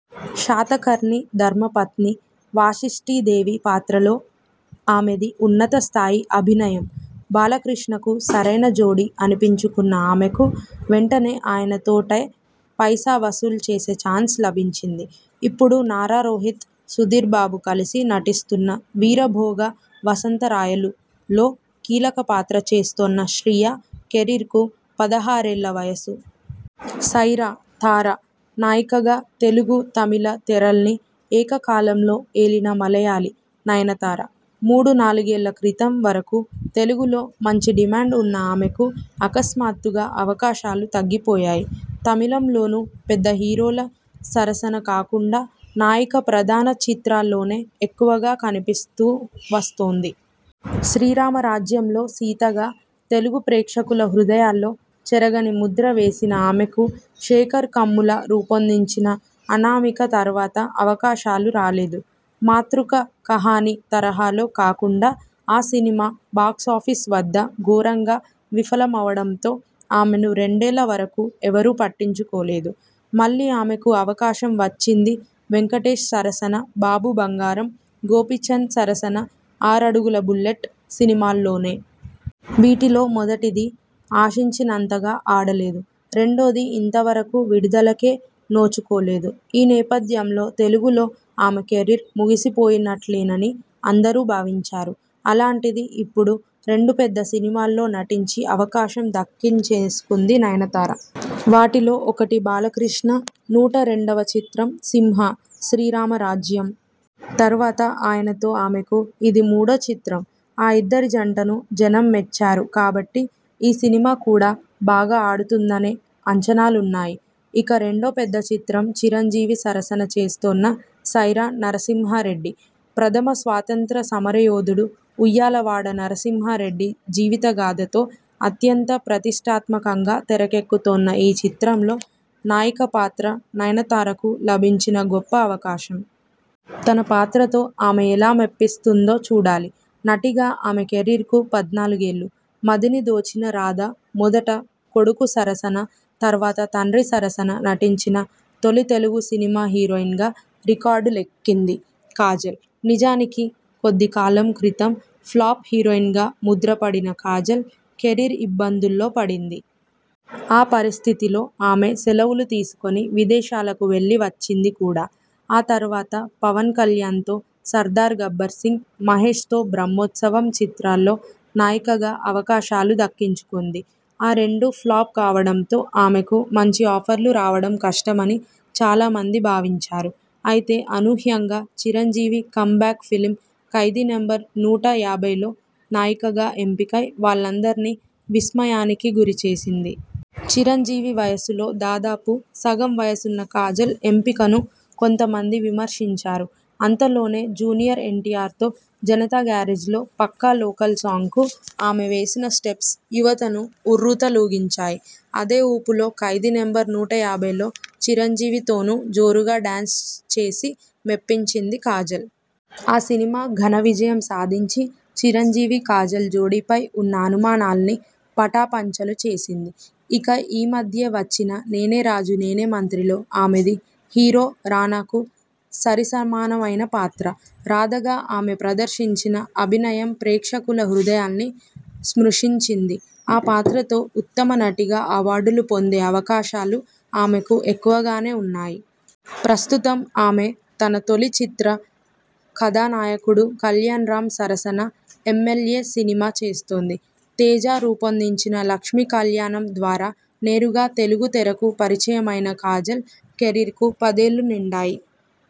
శాతకర్ణి ధర్మపత్ని వాశిష్టీదేవి పాత్రలో ఆమెది ఉన్నత స్థాయి అభినయం. బాలకృష్ణకు సరైన జోడీ అనిపించుకున్న ఆమెకు వెంటనే ఆయనతోటే 'పైసా వసూల్' చేసే ఛాన్స్ లభించింది. ఇప్పుడు నారా రోహిత్, సుధీర్బాబు కలిసి నటిస్తున్న 'వీరభోగ వసంతరాయలు'లో కీలక పాత్ర చేస్తోన్న శ్రియ కెరీర్కు పదహారేళ్ల వయసు. 'సైరా'.. తార! నాయికగా తెలుగు, తమిళ తెరల్ని ఏక కాలంలో ఏలిన మలయాళీ.. నయనతార. మూడు నాలుగేళ్ల క్రితం వరకూ తెలుగులో మంచి డిమాండ్ ఉన్న ఆమెకు అకస్మాత్తుగా అవకాశాలు తగ్గిపోయాయి. తమిళంలోనూ పెద్ద హీరోల సరసన కాకుండా నాయిక ప్రధాన చిత్రాల్లోనే ఎక్కువగా కనిపిస్తూ వస్తోంది. 'శ్రీరామరాజ్యం' లో సీతగా తెలుగు ప్రేక్షకుల హృదయాల్లో చెరగని ముద్ర వేసిన ఆమెకు శేఖర్ కమ్ముల రూపొందించిన 'అనామిక' తర్వాత అవకాశాలు రాలేదు. మాతృక 'కహాని' తరహాలో కాకుండా ఆ సినిమా బాక్సాఫీస్ వద్ద ఘోరంగా విఫలమవడంతో ఆమెను రెండేళ్ల వరకూ ఎవరూ పట్టించుకోలేదు. మళ్లీ ఆమెకు అవకాశం వచ్చింది వెంకటేశ్ సరసన 'బాబు బంగారం', గోపీచంద్ సరసన 'ఆరడుగుల బుల్లెట్' సినిమాల్లోనే. వీటిలో మొదటిది ఆశించినంతగా ఆడలేదు. రెండోది ఇంతవరకూ విడుదలకే నోచుకోలేదు. ఈ నేపథ్యంలో తెలుగులో ఆమె కెరీర్ ముగిసిపోయినట్లేనని అందరూ భావించారు. అలాంటిది ఇప్పుడు రెండు పెద్ద సినిమాల్లో నటించి అవకాశం దక్కించేసుకుంది నయనతార. వాటిలో ఒకటి బాలకృష్ణ నూట రెండ వ చిత్రం. 'సింహా', 'శ్రీరామరాజ్యం'.. తర్వాత ఆయనతో ఆమెకు ఇది మూడో చిత్రం. ఆ ఇద్దరి జంటను జనం మెచ్చారు కాబట్టి, ఈ సినిమా కూడా బాగా ఆడుతుందనే అంచనాలున్నాయి. ఇక రెండో పెద్ద చిత్రం.. చిరంజీవి సరసన చేస్తోన్న 'సైరా.. నరసింహారెడ్డి'. ప్రథమ స్వాతంత్య్ర సమరయోధుడు ఉయ్యాలవాడ నరసింహారెడ్డి జీవితగాథతో అత్యంత ప్రతిష్ఠాత్మకంగా తెరకెక్కుతోన్న ఈ చిత్రంలో నాయిక పాత్ర నయనతారకు లభించిన గొప్ప అవకాశం. తన పాత్రతో ఆమె ఎలా మెప్పిస్తుందో చూడాలి. నటిగా ఆమె కెరీర్కు పద్నాలుగేళ్లు. మదిని దోచిన రాధ మొదట కొడుకు సరసన, తర్వాత తండ్రి సరసన నటించిన తొలి తెలుగు సినిమా హీరోయిన్గా రికార్డులు ఏక్కింది కాజల్. నిజానికి, కొద్ది కాలం క్రితం ఫ్లాప్ హీరోయిన్గా ముద్రపడిన కాజల్ కెరీర్ ఇబ్బందుల్లో పడింది. ఆ పరిస్థితిలో ఆమె 'సెలవులు' తీసుకొని విదేశాలకు వెళ్లి వచ్చింది కూడా. ఆ తర్వాత పవన్కల్యాణ్తో 'సర్దార్ గబ్బర్సింగ్', మహేశ్తో 'బ్రహ్మోత్సవం' చిత్రాల్లో నాయికగా అవకాశాలు దక్కించుకొంది. ఆ రెండూ ఫ్లాప్ కావడంతో ఆమెకు మంచి ఆఫర్లు రావడం కష్టమని చాలా మంది భావించారు. అయితే అనూహ్యంగా Chiranjeevi comeback film 'Khaidi number నూట యాభై లో నాయికగా ఎంపికై వాళ్లందర్నీ విస్మయానికి గురి చేసింది. చిరంజీవి వయసులో దాదాపు సగం వయసున్న కాజల్ ఎంపికను కొంతమంది విమర్శించారు. అంతలోనే జూనియర్ ఎన్టీఆర్తో 'జనతా గ్యారేజ్'లో 'పక్కా లోకల్' సాంగ్కు ఆమె వేసిన స్టెప్స్ యువతను ఉర్రూతలూగించాయి. అదే ఊపులో 'ఖైదీ నంబర్ నూట యాభై లో చిరంజీవితోనూ జోరుగా డాన్స్ చేసి మెప్పించింది కాజల్. ఆ సినిమా ఘన విజయం సాధించి, చిరంజీవి-కాజల్ జోడీపై ఉన్న అనుమానాల్ని పటాపంచలు చేసింది. ఇక ఈ మధ్యే వచ్చిన 'నేనే రాజు నేనే మంత్రి'లో ఆమెది హీరో రానాకు సరిసమానమైన పాత్ర. రాధగా ఆమె ప్రదర్శించిన అభినయం ప్రేక్షకుల హృదయాల్ని స్పృశించింది. ఆ పాత్రతో ఉత్తమ నటిగా అవార్డులు పొందే అవకాశాలు ఆమెకు ఎక్కువగానే ఉన్నాయి. ప్రస్తుతం ఆమె తన తొలి చిత్ర కథానాయకుడు కల్యాణ్రామ్ సరసన 'ఎంఎల్ఏ' సినిమా చేస్తోంది. తేజ రూపొందించిన 'లక్ష్మీ కల్యాణం' ద్వారా నేరుగా తెలుగు తెరకు పరిచయమైన కాజల్ కెరీర్కు పదేళ్లు నిండాయి.